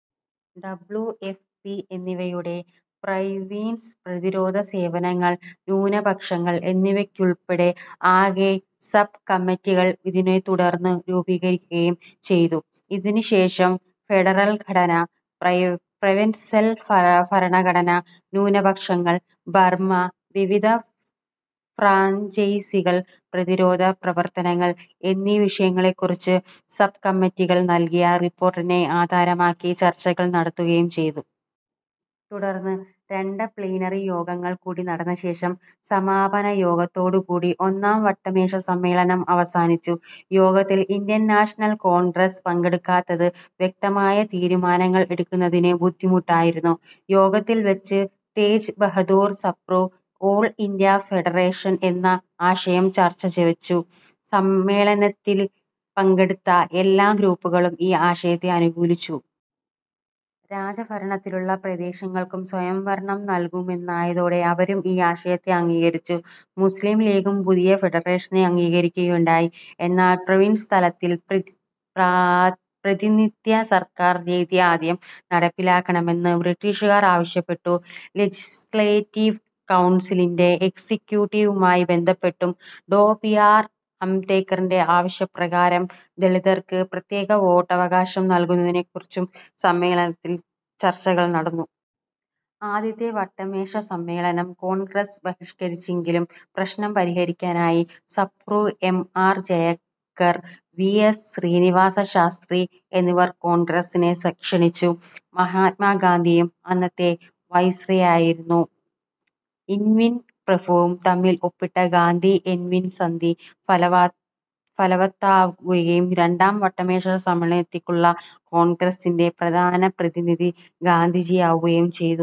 W. F. P എന്നിവയുടെ province, പ്രതിരോധ സേവനങ്ങൾ, ന്യൂനപക്ഷങ്ങൾ എന്നിവയ്ക്കുൾപ്പെടെ ആകെ സബ്കമ്മിറ്റികൾ ഇതിനെത്തുടർന്ന് രൂപീകരിക്കുകയും ചെയ്തു. ഇതിനുശേഷം ഫെഡറൽ ഘടന, പ്രൊവിൻസൽ ഭരണഘടന, ന്യൂനപക്ഷങ്ങൾ, ബർമ, വിവിധ ഫ്രാഞ്ചൈസികൾ, പ്രതിരോധ പ്രവർത്തനങ്ങൾ എന്നീ വിഷയങ്ങളെക്കുറിച്ച് സബ്കമ്മിറ്റികൾ നൽകിയ റിപ്പോർട്ടിനെ ആധാരമാക്കി ചർച്ചകൾ നടത്തുകയും ചെയ്തു. തുടർന്ന് രണ്ട പ്ലീനറി യോഗങ്ങൾ കൂടി നടന്നശേഷം സമാപനയോഗത്തോടുകൂടി ഒന്നാം വട്ടമേശസമ്മേളനം അവസാനിച്ചു. യോഗത്തിൽ ഇന്ത്യൻ നാഷണൽ കോൺഗ്രസ് പങ്കെടുക്കാത്തത് വ്യക്തമായ തീരുമാനങ്ങൾ എടുക്കുന്നതിന് ബുദ്ധിമുട്ടായിരുന്നു. യോഗത്തിൽ വച്ച് Tej Bahadur Sapru, all India federation എന്ന ആശയം ചർച്ചയ്ക്ക് വച്ചു. സമ്മേളനത്തിൽ പങ്കെടുത്ത എല്ലാ ഗ്രൂപ്പുകളും ഈ ആശയത്തെ അനുകൂലിച്ചു. രാജഭരണത്തിലുള്ള പ്രദേശങ്ങൾക്കും സ്വയം ഭരണം നൽകുമെന്നായതോടെ അവരും ഈ ആശയത്തെ അംഗീകരിച്ചു. മുസ്ലിം ലീഗും പുതിയ ഫെഡറേഷനെ അംഗീകരിക്കുകയുണ്ടായി. എന്നാൽ പ്രൊവിൻസ് തലത്തിൽ പ്രാതിനിധ്യ സർക്കാർ രീതി ആദ്യം നടപ്പിലാക്കണമെന്ന് ബ്രിട്ടീഷുകാർ ആവശ്യപ്പെട്ടു. ലെജിസ്ലേറ്റീവ് കൗൺസിലിന്റെ എക്സിക്യൂട്ടീവുമായി ബന്ധപ്പെട്ടും ഡോ. ബി. ആർ. അംബേദ്കറിന്റെ ആവശ്യപ്രകാരം ദളിതർക്ക് പ്രത്യേക വോട്ടവകാശം നൽകുന്നതിനെക്കുറിച്ചും സമ്മേളനത്തിൽ ചർച്ചകൾ നടന്നു. ആദ്യത്തെ വട്ടമേശസമ്മേളനം കോൺഗ്രസ് ബഹിഷ്കരിച്ചെങ്കിലും പ്രശ്നം പരിഹരിക്കാനായി Sapru, M. R. Jayakar, V. S. Srinivasa Sastri എന്നിവർ കോൺഗ്രസിനെ ക്ഷണിച്ചു. മഹാത്മാഗാന്ധിയും അന്നത്തെ വൈസ്രോയിയായിരുന്ന ഇർവിൻ പ്രഭുവും തമ്മിൽ ഒപ്പിട്ട ഗാന്ധി ഇർവിൻ സന്ധി ഫലവത്താവുകയും രണ്ടാം വട്ടമേശസമ്മേളനത്തിലേക്കുള്ള കോൺഗ്രസിന്റെ പ്രധാന പ്രതിനിധി ഗാന്ധിജിയാവുകയും ചെയ്തു.